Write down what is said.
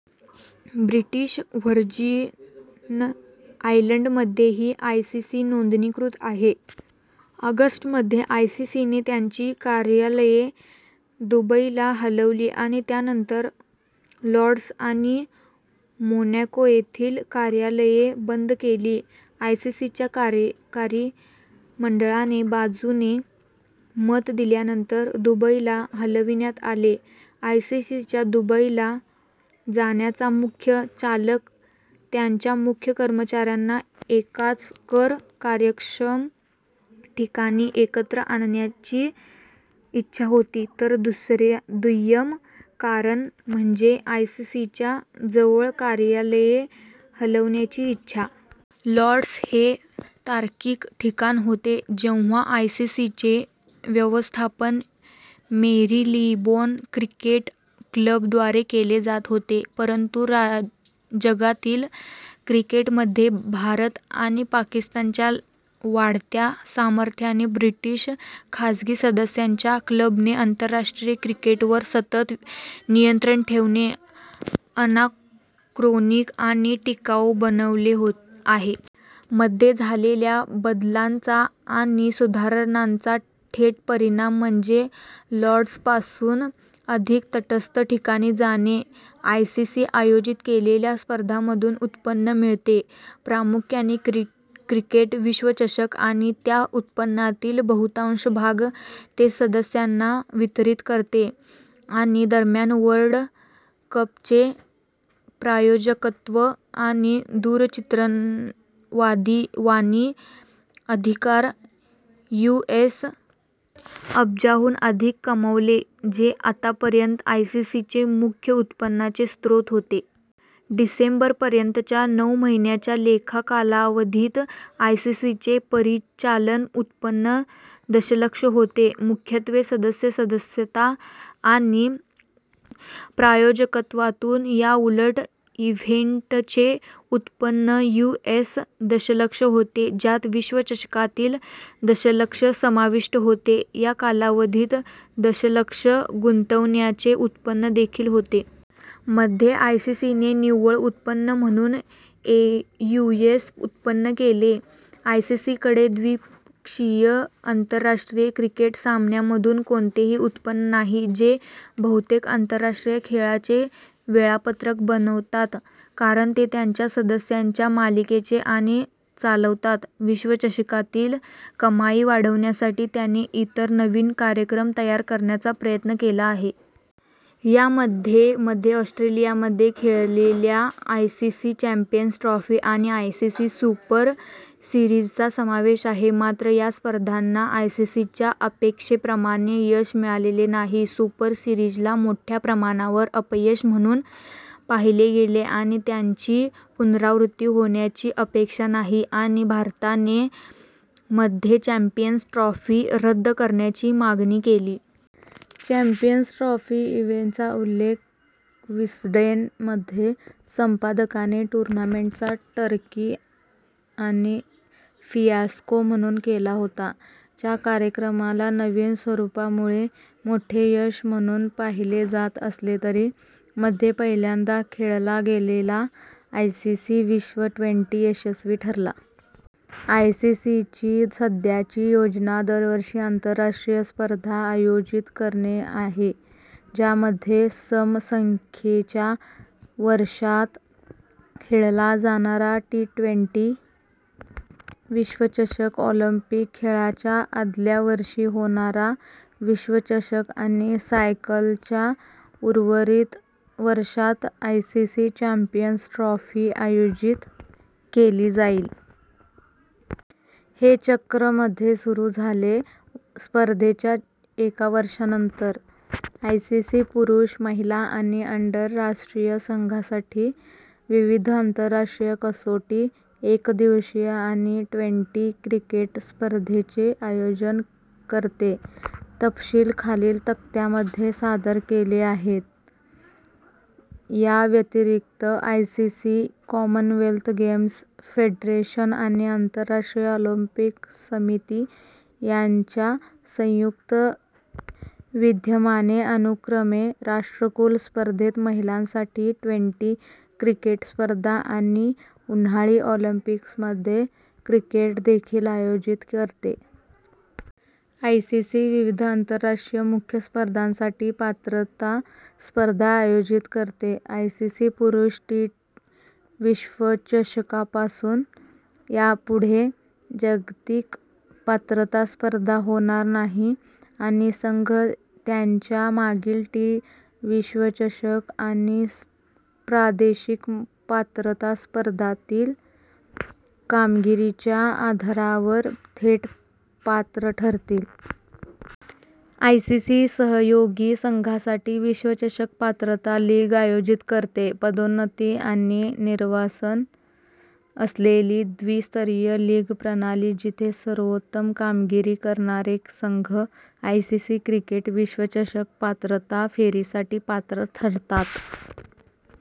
British Virgin आयलंडमध्येही ICC नोंदणीकृत आहे. ऑगस्ट मध्ये, आयसीसीने त्यांची कार्यालये दुबईला हलवली आणि त्यानंतर लॉर्ड्स आणि मोनॅको येथील कार्यालये बंद केली. आयसीसीच्या कार्यकारी मंडळाने बाजूने - मत दिल्यानंतर दुबईला हलविण्यात आले.। आयसीसीच्या दुबईला जाण्याचा मुख्य चालक त्याच्या मुख्य कर्मचाऱ्यांना एकाच कर-कार्यक्षम ठिकाणी एकत्र आणण्याची इच्छा होती, तर दुय्यम कारण म्हणजे आयसीसीच्या जवळ कार्यालये हलवण्याची इच्छा. लॉर्ड्स हे तार्किक ठिकाण होते जेव्हा आयसीसीचे व्यवस्थापन मेरीलेबोन क्रिकेट क्लब द्वारे केले जात होते. परंतु जागतिक क्रिकेटमध्ये भारत आणि पाकिस्तानच्या वाढत्या सामर्थ्याने ब्रिटिश खाजगी सदस्यांच्या क्लबने आंतरराष्ट्रीय क्रिकेटवर सतत नियंत्रण ठेवणे अनाक्रोनिक आणि टिकाऊ बनवले आहे. मध्ये झालेल्या बदलांचा आणि सुधारणांचा थेट परिणाम म्हणजे लॉर्ड्सपासून अधिक तटस्थ ठिकाणी जाणे. आयसीसी आयोजीत केलेल्या स्पर्धांमधून उत्पन्न मिळवते, प्रामुख्याने क्रिकेट विश्वचषक, आणि त्या उत्पन्नातील बहुतांश भाग ते सदस्यांना वितरीत करते. आणि दरम्यान वर्ल्ड कपचे प्रायोजकत्व आणि दूरचित्रवाणी अधिकार यूएस अब्जाहून अधिक कमावले, जे आतापर्यंत आयसीसीचे मुख्य उत्पन्नाचे स्रोत होते. डिसेंबर पर्यंतच्या नऊ महिन्यांच्या लेखा कालावधीत आयसीसीचे परिचालन उत्पन्न दशलक्ष होते, मुख्यत्वे सदस्य सदस्यता आणि प्रायोजकत्वातून. याउलट, इव्हेंटचे उत्पन्न यूएस दशलक्ष होते, ज्यात विश्वचषकातील दशलक्ष समाविष्ट होते. या कालावधीत दशलक्ष गुंतवणुकीचे उत्पन्न देखील होते. मध्ये आयसीसीने निव्वळ उत्पन्न म्हणून यूएस उत्पन्न केले. आयसीसीकडे द्विपक्षीय आंतरराष्ट्रीय क्रिकेट सामन्यांमधून कोणतेही उत्पन्न नाही, जे बहुतेक आंतरराष्ट्रीय खेळाचे वेळापत्रक बनवतात, कारण ते त्याच्या सदस्यांच्या मालकीचे आणि चालवतात. विश्वचषकातील कमाई वाढवण्यासाठी त्याने इतर नवीन कार्यक्रम तयार करण्याचा प्रयत्न केला आहे. यामध्ये मध्ये ऑस्ट्रेलियामध्ये खेळलेल्या आयसीसी चॅम्पियन्स ट्रॉफी आणि आयसीसी सुपर सीरिजचा समावेश आहे. मात्र, या स्पर्धांना आयसीसीच्या अपेक्षेप्रमाणे यश मिळालेले नाही. सुपर सिरीजला मोठ्या प्रमाणावर अपयश म्हणून पाहिले गेले आणि त्याची पुनरावृत्ती होण्याची अपेक्षा नाही आणि भारताने मध्ये चॅम्पियन्स ट्रॉफी रद्द करण्याची मागणी केली. चॅम्पियन्स ट्रॉफी इव्हेंटचा उल्लेख विस्डेन मध्ये संपादकाने "टूर्नामेंटचा टर्की" आणि "फियास्को" म्हणून केला होता; च्या कार्यक्रमाला नवीन स्वरूपामुळे मोठे यश म्हणून पाहिले जात असले तरी. मध्ये पहिल्यांदा खेळला गेलेला आयसीसी विश्व ट्वेंटी- यशस्वी ठरला. आयसीसीची सध्याची योजना दरवर्षी आंतरराष्ट्रीय स्पर्धा आयोजित करणे आहे, ज्यामध्ये सम संख्येच्या वर्षांत खेळला जाणारा ट्वेंटी- विश्वचषक, ऑलिम्पिक खेळांच्या आदल्या वर्षी होणारा विश्वचषक आणि सायकलच्या उर्वरित वर्षात आयसीसी चॅम्पियन्स ट्रॉफी आयोजित केली जाईल. हे चक्र मध्ये सुरू झाले, स्पर्धेच्या एका वर्षानंतर. आयसीसी पुरुष, महिला आणि अंडर- राष्ट्रीय संघांसाठी विविध आंतरराष्ट्रीय कसोटी, एकदिवसीय आणि ट्वेन्टी- क्रिकेट स्पर्धांचे आयोजन करते. तपशील खालील तक्त्यामध्ये सादर केले आहेत: याव्यतिरिक्त, आयसीसी कॉमनवेल्थ गेम्स फेडरेशन आणि आंतरराष्ट्रीय ऑलिम्पिक समिती यांच्या संयुक्त विद्यमाने अनुक्रमे राष्ट्रकुल स्पर्धेत महिलांसाठी ट्वेंटी- क्रिकेट स्पर्धा आणि उन्हाळी ऑलिंपिकमध्ये क्रिकेट देखील आयोजित करते. आयसीसी विविध आंतरराष्ट्रीय मुख्य स्पर्धांसाठी पात्रता स्पर्धा आयोजित करते. आयसीसी पुरुष टी- विश्वचषकपासून, यापुढे जागतिक पात्रता स्पर्धा होणार नाही आणि संघ त्यांच्या मागील टी- विश्वचषक आणि प्रादेशिक पात्रता स्पर्धेतील कामगिरीच्या आधारावर थेट पात्र ठरतील. आयसीसी सहयोगी संघांसाठी विश्वचषक पात्रता लीग आयोजित करते. पदोन्नती आणि निर्वासन असलेली द्वि-स्तरीय लीग प्रणाली जिथे सर्वोत्तम कामगिरी करणारे संघ आयसीसी क्रिकेट विश्वचषक पात्रता फेरीसाठी पात्र ठरतात.